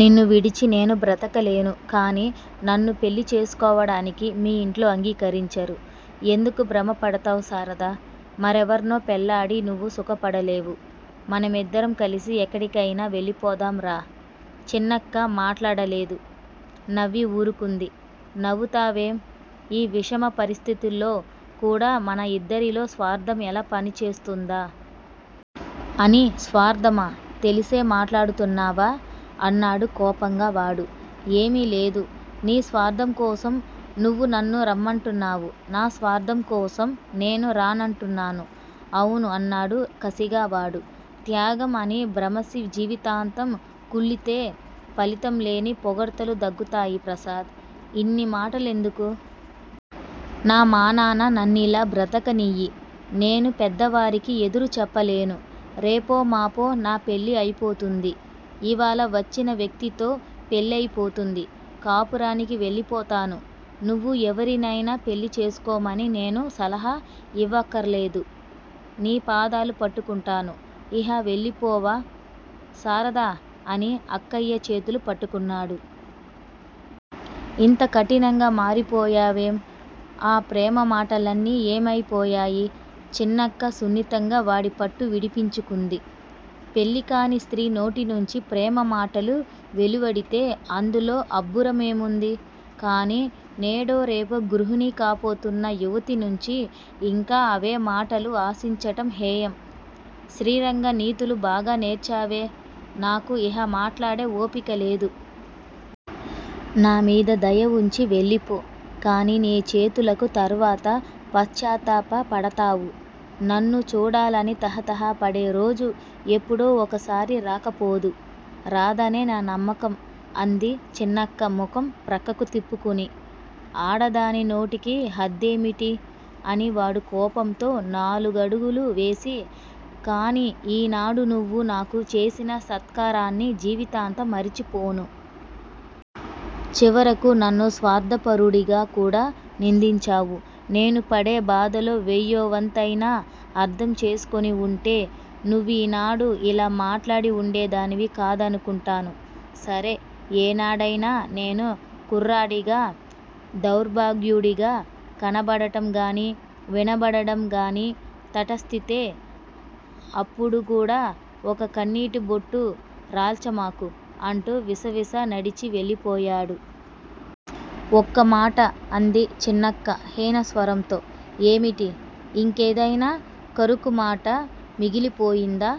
నిన్ను విడిచి నేను బ్రతకలేను. కానీ నన్ను పెళ్ళి చేసుకోవడానికి మీ ఇంట్లో అంగీకరించరు. ఎందుకు భ్రమపడతావ్ శారదా? మరెవర్నో పెళ్ళాడి నువ్వూ సుఖపడలేవు. మనమిద్దరం కలిసి ఎక్కడికైనా వెళ్ళిపోదాం రా! చిన్నక్క మాట్లాడలేదు. నవ్వి ఊరుకుంది. నవ్వుతావేం? ఈ విషమ పరిస్థితిలో కూడా మన ఇద్దరిలో స్వార్ధం ఎలా పనిచేస్తోందా? అని. స్వార్ధమా? తెలిసే మాట్లాడుతున్నావా? అన్నాడు కోపంగా వాడు. ఏమీలేదు, నీ స్వార్థంకోసం నువ్వు నన్ను రమ్మంటున్నావు. నా స్వార్ధం కోసం నేను రానంటున్నాను అవును అన్నాడు కసిగా వాడు. త్యాగం అని భ్రమసి జీవితాంతం కుళ్ళితే ఫలితంలేని పొగడ్తలు దక్కుతాయి. ప్రసాద్! ఇన్ని మాటలెందుకు? నా మానాన నన్నిలా బ్రతకనియ్యి. నేను పెద్దవారికి ఎదురుచెప్పలేను. రేపో మాపో నా పెళ్ళి అయిపోతుంది. ఇవాళ వచ్చినవ్యక్తితో పెళ్ళయిపోతుంది. కాపురానికి వెళ్ళిపోతాను. నువ్వూ ఎవరినైనా పెళ్ళి చేసుకోమని నేను సలహా ఇవ్వక్కరలేదు. నీ పాదాలు పట్టుకుంటాను. ఇహ వెళ్ళిపోవా? శారదా! అని అక్కయ్య చేతులు పట్టుకున్నాడు. ఇంత కఠినంగా మారిపోయావేం? ఆ ప్రేమమాటలన్నీ ఏమయిపోయాయి? చిన్నక్క సున్నితంగా వాడిపట్టు విడిపించుకుంది. పెళ్ళికాని స్త్రీ నోటినుంచి ప్రేమ మాటలు వెలువడితే అందులో అబ్బురమేముంది? కానీ నేడో రేపో గృహిణి కాబోతున్న యువతినుంచి ఇంకా అవే మాటలు ఆశించటం హేయం. శ్రీరంగనీతులు బాగా నేర్చావే? నాకు ఇహ మాట్లాడే ఓపికలేదు. నామీద దయ వుంచి వెళ్లిపో! కానీ నీ చేతలకు తర్వాత పశ్చాత్తాపపడతావు. నన్ను చూడాలని తహ తహ పడేరోజు ఎప్పుడో ఒకసారి రాకపోదు. రాదనే నా నమ్మకం అంది చిన్నక్క ముఖం ప్రక్కకు త్రుప్పుకుని. ఆడదాని నోటికి హద్దేమిటి? అని వాడు కోపంతో నాలుగడుగులు వేసి కానీ ఈనాడు నువ్వు నాకు చేసిన సత్కారాన్ని జీవితాంతం మరచిపోను. చివరకు నన్ను స్వార్ధపరుడిగా కూడా నిందించావు. నేను పడే బాధలో వెయ్యో వంతయినా అర్ధం చేసుకునివుంటే నువ్వీనాడు ఇలా మాట్లాడి వుండేదానివి కాదనుకుంటాను. సరే! ఏనాడైనా నేను కుర్రాడిగా, దౌర్భాగ్యుడిగా కనబడటంగానీ, వినబడటంగానీ తటస్థిస్తే అప్పుడుకూడా ఒక కన్నీటిబొట్టు రాల్చమాకు అంటూ విసవిస నడిచి వెళ్ళిపోయాడు. ఒక్కమాట అంది చిన్నక్క హీనస్వరంతో. ఏమిటి? ఇంకేదైనా కరుకుమాట మిగిలిపోయిందా?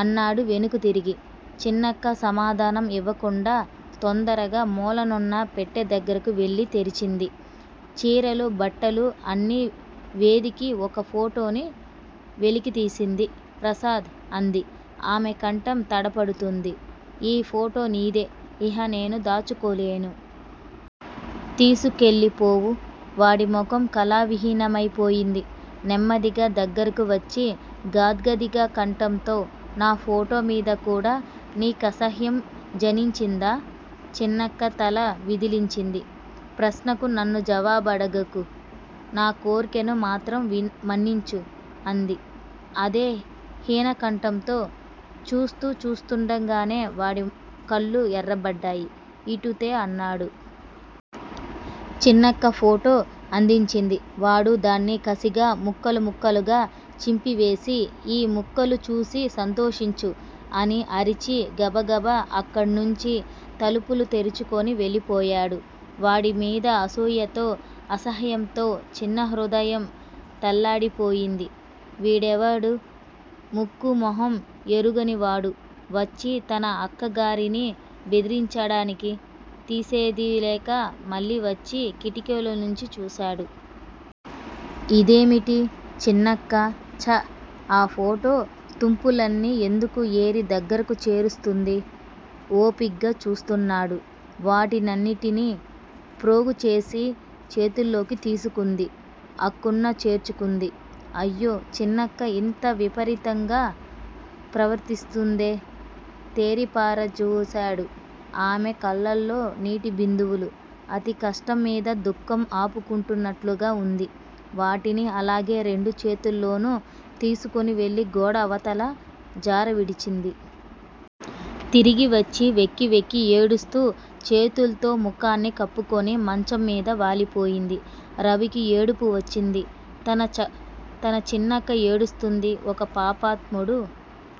అన్నాడు వెనుదిరిగి. చిన్నక్క సమాధానం ఇవ్వకుండా, తొందరగా మూలనున్న పెట్టెదగ్గరకు వెళ్ళి తెరిచింది. చీరెలు, బట్టలు అన్నీ వెదికి ఒక ఫోటోని వెలికితీసింది. ప్రసాద్! అంది. ఆమెకంఠం తడబడుతోంది. ఈ ఫోటో నీదే. ఇహ నేను దాచుకోలేను. తీసుకెళ్ళిపోవూ! వాడిముఖం కళావిహీనమైపోయింది. నెమ్మదిగా దగ్గరకు వచ్చి గాద్గదిక కంఠంతో నా ఫోటోమీద కూడా నీకసహ్యం జనించిందా? చిన్నక్క తల విదిలించింది. ప్రశ్నకు నన్ను జవాబడగకు. నాకోర్కెను మాత్రం మన్నించు అంది, అదే హీనకంఠంతో. చూస్తూ చూస్తుండగానే వాడి కళ్ళు ఎర్రబడ్డాయి. ఇటు తే అన్నాడు. చిన్నక్క ఫోటో అందించింది. వాడు దాన్ని కసిగా ముక్కలు ముక్కలుగా చింపివేసి, ఈ ముక్కలుచూసి సంతోషించు అని అరిచి గబగబ అక్కడ్నుంచి తలుపులు తెరుచుకుని వెళ్ళిపోయాడు. వాడిమీద అసూయతో, అసహ్యంతో చిన్నహృదయం తల్లడిల్లిపోయింది. వీడెవడు? ముక్కూ మొహం ఎరుగనివాడు వచ్చి తన అక్కగారిని బెదిరించడానికి? చేసేదిలేక మళ్ళీవచ్చి కిటికీలోంచి చూశాడు. ఇదేమిటి, చిన్నక్క? ఛ! ఆ ఫోటో తుంపులన్నీ ఎందుకు ఏరి దగ్గరకు చేరుస్తోంది? ఓపిగ్గా చూస్తున్నాడు. వాటినన్నిటినీ ప్రోగుచేసి చేతుల్లోకి తీసుకుంది. అక్కున చేర్చుకుంది. అయ్యో! చిన్నక్క ఇంత విపరీతంగా ప్రవర్తిస్తుందే? తేరిపారజూశాడు. ఆమె కళ్ళల్లో నీటిబిందువులు. అతికష్టంమీద దుఃఖం ఆపుకుంటున్నట్లుగా వుంది. వాటిని అలాగే రెండు చేతుల్తోనూ తీసుకు వెళ్ళి గోడ అవతల జారవిడిచింది. తిరిగివచ్చి వెక్కి వెక్కి ఏడుస్తూ చేతుల్తో ముఖాన్ని కప్పుకుని మంచంమీద వాలిపోయింది. రవికి ఏడుపు వచ్చింది. తన చిన్నక్క ఏడుస్తోంది. ఒక పాపాత్ముడు